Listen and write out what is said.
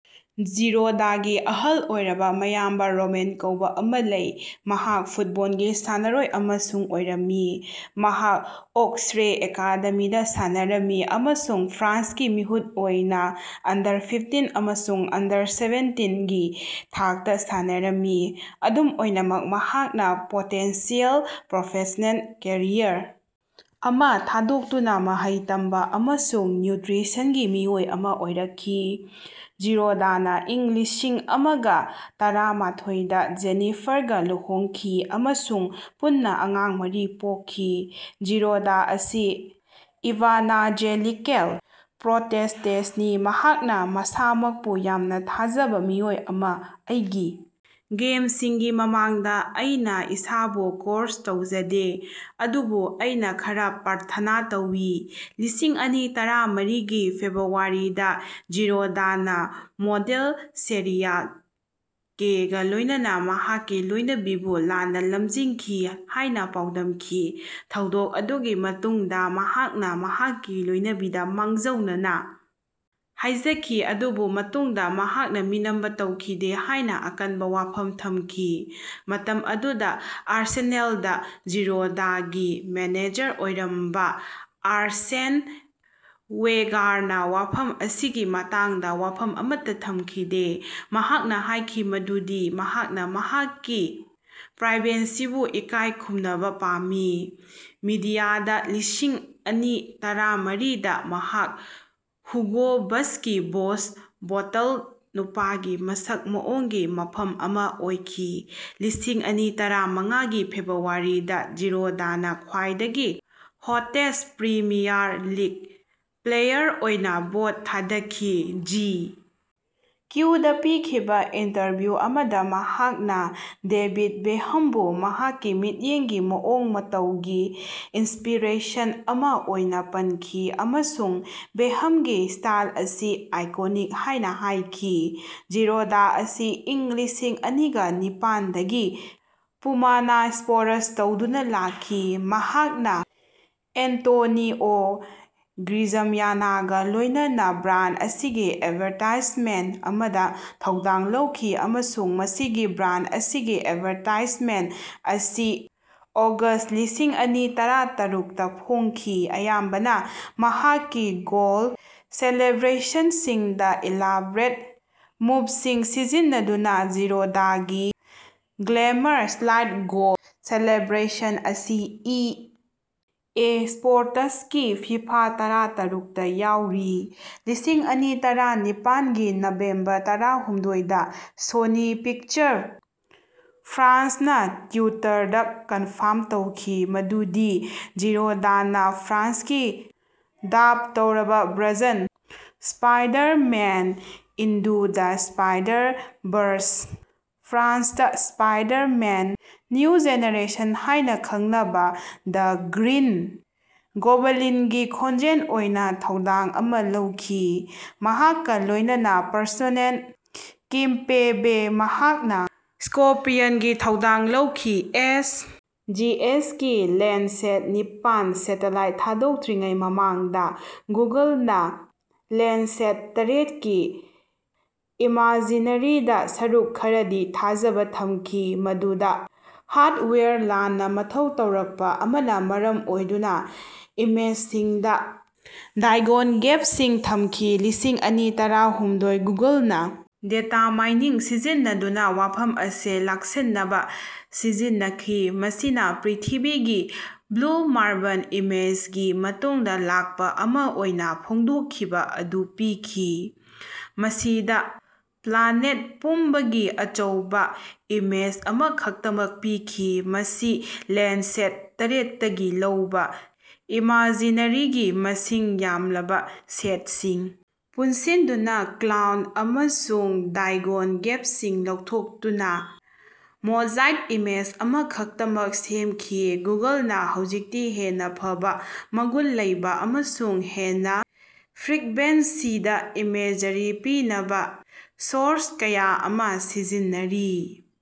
ꯖꯤꯔꯣꯗꯀꯤ ꯑꯍꯜ ꯑꯣꯏꯔꯕ ꯃꯌꯥꯝꯕ ꯔꯣꯃꯦꯟ ꯀꯧꯕ ꯑꯃ ꯂꯩ, ꯃꯍꯥꯛ ꯐꯨꯠꯕꯣꯜꯒꯤ ꯁꯥꯟꯅꯔꯣꯏ ꯑꯃꯁꯨ ꯑꯣꯏꯔꯝꯃꯤ, ꯃꯍꯥꯛ ꯑꯣꯛꯁꯔꯦ ꯑꯦꯀꯥꯗꯦꯃꯤꯗꯥ ꯁꯥꯟꯅꯔꯝꯃꯤ ꯑꯃꯁꯨꯡ ꯐ꯭ꯔꯥꯟꯁꯀꯤ ꯃꯤꯍꯨꯠ ꯑꯣꯏꯅꯥ ꯑꯟꯗꯔ-ꯐꯤꯐꯇꯤꯟ ꯑꯃꯁꯨꯡ ꯑꯟꯗꯔ-ꯁꯦꯚꯦꯟꯇꯤꯟ ꯀꯤ ꯊꯥꯛꯇ ꯁꯥꯟꯅꯔꯝꯃꯤ, ꯑꯗꯨꯝ ꯑꯣꯏꯅꯃꯛ ꯃꯍꯥꯛꯅꯥ ꯄꯣꯇꯦꯟꯁꯤꯌꯦꯜ ꯄ꯭ꯔꯣꯐꯦꯁ꯭ꯅꯦꯜ ꯀꯦꯔꯤꯌꯔ ꯑꯃꯥ ꯊꯥꯗꯣꯛꯇꯨꯅ ꯃꯍꯩ ꯇꯝꯕ ꯑꯃꯁꯨꯡ ꯅ꯭ꯌꯨꯇ꯭ꯔꯤꯁꯟꯒꯤ ꯃꯤꯑꯣꯏ ꯑꯃꯥ ꯑꯣꯏꯔꯛꯈꯤ꯫ ꯖꯤꯔꯣꯗꯅꯥ ꯏꯪ ꯂꯤꯁꯤꯡ ꯑꯃꯒ ꯇꯔꯥꯃꯥꯊꯣꯏ ꯗ ꯖꯦꯅꯤꯐꯥꯔꯒ ꯂꯨꯍꯣꯡꯈꯤ ꯑꯃꯁꯨꯡ ꯄꯨꯟꯅꯥ ꯑꯉꯥꯡ ꯃꯔꯤ ꯄꯣꯛꯈꯤ꯫ ꯖꯤꯔꯣꯗ ꯑꯁꯤ ꯏꯚꯥꯅꯖꯦꯂꯤꯀꯦꯜ ꯄ꯭ꯔꯣꯇꯦꯁ꯭ꯇꯦꯟꯇꯅꯤ꯫ ꯃꯍꯥꯛꯅꯥ ꯃꯁꯥꯃꯛꯄꯨ "ꯌꯥꯝꯅ ꯊꯥꯖꯕ ꯃꯤꯑꯣꯏ ꯑꯃꯥ ꯑꯩꯒꯤ ꯒꯦꯝꯁꯤꯡꯒꯤ ꯃꯃꯥꯡꯗꯥ ꯑꯩꯅꯥ ꯏꯁꯥꯕꯨ ꯀ꯭ꯔꯣꯁ ꯇꯧꯖꯗꯦ ꯑꯗꯨꯕꯨ ꯑꯩꯅꯥ ꯈꯔꯥ ꯄ꯭ꯔꯥꯊꯅꯥ ꯇꯧꯏ"꯫ ꯂꯤꯁꯤꯡ ꯑꯅꯤ ꯇꯔꯥꯃꯥꯔꯤꯒꯤ ꯐꯦꯕ꯭ꯔꯨꯋꯥꯔꯤꯗꯥ ꯖꯤꯔꯣꯗꯅꯥ ꯃꯣꯗꯦꯜ ꯁꯦꯂꯤꯌꯥ ꯀꯦꯒ ꯂꯣꯏꯅꯅꯥ ꯃꯍꯥꯛꯀꯤ ꯂꯣꯏꯅꯕꯤꯕꯨ ꯂꯥꯟꯅꯥ ꯂꯝꯖꯤꯡꯈꯤ ꯍꯥꯏꯅꯥ ꯄꯥꯎꯗꯝꯈꯤ꯫ ꯊꯧꯗꯣꯛ ꯑꯗꯨꯒꯤ ꯃꯇꯨꯡꯗꯥ ꯃꯍꯥꯛꯅꯥ ꯃꯍꯥꯛꯀꯤ ꯂꯣꯏꯅꯕꯤꯗ ꯃꯥꯡꯖꯧꯅꯅ ꯍꯥꯏꯖꯈꯤ ꯑꯗꯨꯕꯨ ꯃꯇꯨꯡꯗ ꯃꯍꯥꯛꯅ ꯃꯤꯅꯝꯕ ꯇꯧꯈꯤꯗꯦ ꯍꯥꯏꯅꯥ ꯑꯀꯟꯕ ꯋꯥꯐꯝ ꯊꯝꯈꯤ꯫ ꯃꯇꯝ ꯑꯗꯨꯗꯥ ꯑꯥꯔꯁꯦꯅꯦꯜꯗ ꯖꯤꯔꯣꯗꯀꯤ ꯃꯦꯅꯦꯖꯔ ꯑꯣꯏꯔꯝꯕꯥ ꯑꯥꯔꯁꯦꯟ ꯋꯦꯡꯒꯥꯔꯅꯥ ꯋꯥꯐꯝ ꯑꯁꯤꯒꯤ ꯃꯇꯥꯡꯗ ꯋꯥꯐꯝ ꯑꯃꯠꯇ ꯊꯝꯈꯤꯗꯦ, ꯃꯍꯥꯛꯅ ꯍꯥꯏꯈꯤ ꯃꯗꯨꯗꯤ ꯃꯍꯥꯛꯅ ꯃꯍꯥꯛꯀꯤ ꯄ꯭ꯔꯥꯏꯚꯦꯁꯤꯕꯨ ꯏꯀꯥꯏ ꯈꯨꯝꯅꯕ ꯄꯥꯝꯃꯤ꯫ ꯃꯤꯗꯤꯌꯥꯗ ꯂꯤꯁꯤꯡ ꯑꯅꯤ ꯇꯔꯥꯃꯥꯔꯤꯗ ꯃꯍꯥꯛ ꯍꯨꯒꯣ ꯕꯁꯀꯤ ꯕꯣꯁ ꯕꯣꯇꯜ ꯅꯨꯄꯥꯒꯤ ꯃꯁꯛ ꯃꯑꯣꯡꯒꯤ ꯃꯐꯝ ꯑꯃꯥ ꯑꯣꯏꯈꯤ꯫ ꯂꯤꯁꯤꯡ ꯑꯅꯤ ꯇꯔꯥꯃꯉꯥꯒꯤ ꯐꯦꯕ꯭ꯔꯨꯋꯥꯔꯤꯗ ꯖꯤꯔꯣꯗꯅ ꯈ꯭ꯋꯥꯏꯗꯒꯤ ꯍꯣꯇꯦꯁ꯭ꯠ ꯄ꯭ꯔꯤꯃꯤꯌꯥꯔ ꯂꯤꯛ ꯄ꯭ꯂꯦꯌꯥꯔ ꯑꯣꯏꯅꯥ ꯚꯣꯠ ꯊꯥꯗꯈꯤ꯫ ꯖꯤ. ꯀ꯭ꯌꯨ. ꯗꯥ ꯄꯤꯈꯤꯕꯥ ꯏꯟꯇꯔꯚ꯭ꯌꯨ ꯑꯃꯗꯥ ꯃꯍꯥꯛꯅꯥ ꯗꯦꯕꯤꯗ ꯕꯦꯣꯍꯝꯕꯨ ꯃꯍꯥꯛꯀꯤ ꯃꯤꯠꯌꯦꯡꯒꯤ ꯃꯑꯣꯡ ꯃꯇꯧꯒꯤ ꯏꯟꯁꯄꯤꯔꯦꯁꯟ ꯑꯃꯥ ꯑꯣꯏꯅꯥ ꯄꯟꯈꯤ ꯑꯃꯁꯨꯡ ꯕꯦꯀꯍꯝꯒꯤ ꯁ꯭ꯇꯥꯏꯜ ꯑꯁꯤ ꯑꯥꯏꯀꯣꯅꯤꯛ ꯍꯥꯏꯅꯥ ꯍꯥꯏꯈꯤ꯫ ꯖꯤꯔꯣꯗ ꯑꯁꯤ ꯏꯪ ꯂꯤꯁꯤꯡ ꯑꯅꯤꯒ ꯅꯤꯄꯥꯟ ꯗꯒꯤ ꯄꯨꯃꯥꯅꯥ ꯁ꯭ꯄꯣꯟꯁꯔ ꯇꯧꯗꯨꯅꯥ ꯂꯥꯛꯂꯤ꯫ ꯃꯍꯥꯛꯅꯥ ꯑꯦꯟꯇꯣꯅꯤꯑꯣ ꯒ꯭ꯔꯤꯖꯝꯌꯥꯅꯒꯥ ꯂꯣꯏꯅꯅꯥ ꯕ꯭ꯔꯥꯟꯗ ꯑꯁꯤꯒꯤ ꯑꯦꯗꯚꯥꯔꯇꯥꯏꯖꯃꯦꯟꯠ ꯑꯃꯗꯥ ꯊꯧꯗꯥꯡ ꯂꯧꯈꯤ ꯑꯃꯁꯨꯡ ꯃꯁꯤꯒꯤ ꯕ꯭ꯔꯥꯟꯗ ꯑꯁꯤꯒꯤ ꯑꯦꯗꯚꯥꯔꯇꯥꯏꯖꯃꯦꯟꯇ ꯑꯁꯤ ꯑꯣꯒꯁ꯭ꯠ ꯂꯤꯁꯤꯡ ꯑꯅꯤ ꯇꯔꯥ ꯇꯔꯨꯛꯇ ꯐꯣꯡꯈꯤ꯫ ꯑꯌꯥꯝꯕꯅꯥ ꯃꯍꯥꯛꯀꯤ ꯒꯣꯜ ꯁꯦꯂꯦꯕ꯭ꯔꯦꯁꯟꯁꯤꯡꯗꯥ ꯏꯂꯥꯕꯔꯦꯠ ꯃꯨꯚꯁꯤꯡ ꯁꯤꯖꯤꯟꯅꯗꯨꯅꯥ ꯖꯤꯔꯣꯗꯀꯤ ꯒ꯭ꯂꯦꯃꯔ ꯁ꯭ꯂꯥꯏꯗ ꯒꯣꯜ ꯁꯦꯂꯦꯕ꯭ꯔꯦꯁꯟ ꯑꯁꯤ ꯏ. ꯑꯦ. ꯁ꯭ꯄꯣꯔꯇꯁꯀꯤ ꯐꯤꯐꯥ ꯇꯔꯥ ꯇꯔꯨꯛꯇ ꯌꯥꯎꯔꯤ꯫ ꯂꯤꯁꯤꯡ ꯑꯅꯤ ꯇꯔꯥ ꯅꯤꯄꯥꯟꯒꯤ ꯅꯕꯦꯝꯕꯔ ꯇꯔꯥꯍꯨꯝꯗꯣꯏꯗ ꯁꯣꯅꯤ ꯄꯤꯛꯆꯔꯁ ꯐ꯭ꯔꯥꯟꯁꯅꯥ ꯇ꯭ꯋꯤꯇꯔꯗꯥ ꯀꯟꯐꯔꯝ ꯇꯧꯈꯤ ꯃꯗꯨꯗꯤ ꯖꯤꯔꯣꯗꯅꯥ ꯐ꯭ꯔꯥꯟꯁꯀꯤ ꯗꯥꯕ ꯇꯧꯔꯕꯥ version Spider-Man: into the Spider-Verse (ꯐ꯭ꯔꯥꯟꯁꯇꯥ ꯁ꯭ꯄꯥꯏꯗꯥꯔꯃꯦꯟ: ꯅ꯭ꯌꯨ ꯖꯦꯅꯦꯔꯦꯁꯟ ꯍꯥꯏꯅꯥ ꯈꯪꯅꯕꯥ)ꯗ ꯒ꯭ꯔꯤꯟ ꯒꯣꯕꯂꯤꯟꯒꯤ ꯈꯣꯟꯖꯦꯜ ꯑꯣꯏꯅꯥ ꯊꯧꯗꯥꯡ ꯑꯃꯥ ꯂꯧꯈꯤ꯫ ꯃꯍꯥꯛꯀꯥ ꯂꯣꯏꯅꯅꯥ ꯄ꯭ꯔꯦꯁꯅꯦꯜ ꯀꯤꯝꯄꯦꯝꯕꯦ, ꯃꯍꯥꯛꯅꯥ ꯁ꯭ꯀꯣꯔꯄꯤꯌꯟꯒꯤ ꯊꯧꯗꯥꯡ ꯂꯧꯈꯤ꯫ ꯑꯦꯁ. ꯖꯤ. ꯑꯦꯁ. ꯀꯤ ꯂꯦꯟꯗꯁꯦꯠ ꯅꯤꯄꯥꯟ ꯁꯦꯇꯦꯂꯥꯏꯠ ꯊꯥꯗꯣꯛꯇ꯭ꯔꯤꯉꯩ ꯃꯃꯥꯡꯗꯥ ꯒꯨꯒꯜꯅꯥ ꯂꯦꯟꯗ꯭ꯁꯦꯠ ꯇꯔꯦꯠ ꯀꯤ ꯏꯃꯖꯤꯅꯔꯤꯗ ꯁꯔꯨꯛ ꯈꯔꯗꯤ ꯊꯥꯖꯕ ꯊꯝꯈꯤ, ꯃꯗꯨꯗ ꯍꯥꯔ꯭ꯗꯋꯦꯌꯔ ꯂꯥꯟꯅ ꯃꯊꯧ ꯇꯧꯔꯛꯄ ꯑꯃꯅꯥ ꯃꯔꯝ ꯑꯣꯏꯗꯨꯅꯥ ꯏꯃꯦꯖꯁꯤꯡꯗꯥ ꯗꯥꯏꯒꯣꯟ ꯒꯦꯞꯁꯤꯡ ꯊꯝꯈꯤ꯫ ꯂꯤꯁꯤꯡ ꯑꯅꯤ ꯇꯔꯥꯍꯨꯝꯗꯣꯏ ꯒꯨꯒꯜꯅꯥ ꯗꯦꯇꯥꯃꯥꯏꯅꯤꯡ ꯁꯤꯖꯤꯟꯅꯗꯨꯅꯥ ꯋꯥꯐꯝ ꯑꯁꯤ ꯂꯥꯛꯁꯤꯟꯅꯕꯥ ꯁꯤꯖꯤꯟꯅꯈꯤ, ꯃꯁꯤꯅꯥ ꯄ꯭ꯔꯤꯊꯤꯕꯤꯒꯤ ꯕ꯭ꯂꯨ ꯃꯥꯔꯕꯜ ꯏꯃꯦꯖꯒꯤ ꯃꯇꯨꯡꯗꯥ ꯂꯥꯛꯄꯥ ꯑꯃꯥ ꯑꯣꯏꯅꯥ ꯐꯣꯡꯗꯣꯛꯈꯤꯕꯥ ꯑꯗꯨ ꯄꯤꯈꯤ, ꯃꯁꯤꯗꯥ ꯄ꯭ꯂꯥꯅꯦꯠ ꯄꯨꯝꯕꯒꯤ ꯑꯆꯧꯕꯥ ꯏꯃꯦꯖ ꯑꯃꯈꯛꯇꯃꯛ ꯄꯤꯈꯤ꯫ ꯃꯁꯤ ꯂꯦꯟꯗ꯭ꯁꯦꯠ ꯇꯔꯦꯠꯇꯒꯤ ꯂꯧꯕꯥ ꯏꯃꯖꯤꯅꯔꯤꯒꯤ ꯃꯁꯤꯡ ꯌꯥꯝꯂꯕꯥ ꯁꯦꯠꯁꯤꯡ ꯄꯨꯟꯁꯤꯟꯗꯨꯅꯥ ꯀ꯭ꯂꯥꯎꯗ ꯑꯃꯁꯨꯡ ꯗꯥꯏꯒꯣꯟ ꯒꯦꯞꯁꯤꯡ ꯂꯧꯊꯣꯛꯇꯨꯅꯥ ""ꯃꯣꯖꯥꯏꯛ"" ꯏꯃꯦꯖ ꯑꯃꯈꯛꯇꯃꯛ ꯁꯦꯝꯈꯤ꯫ ꯒꯨꯒꯜꯅꯥ ꯍꯧꯖꯤꯛꯇꯤ ꯍꯦꯟꯅꯥ ꯐꯕꯥ ꯃꯒꯨꯟ ꯂꯩꯕꯥ ꯑꯃꯁꯨꯡ ꯍꯦꯟꯅꯥ ꯐ꯭ꯔꯤꯛꯕꯦꯟꯁꯤꯗꯥ ꯏꯃꯦꯖꯔꯤ ꯄꯤꯅꯕꯥ ꯁꯣꯔꯁ ꯀꯌꯥ ꯑꯃꯥ ꯁꯤꯖꯤꯟꯅꯔꯤ꯫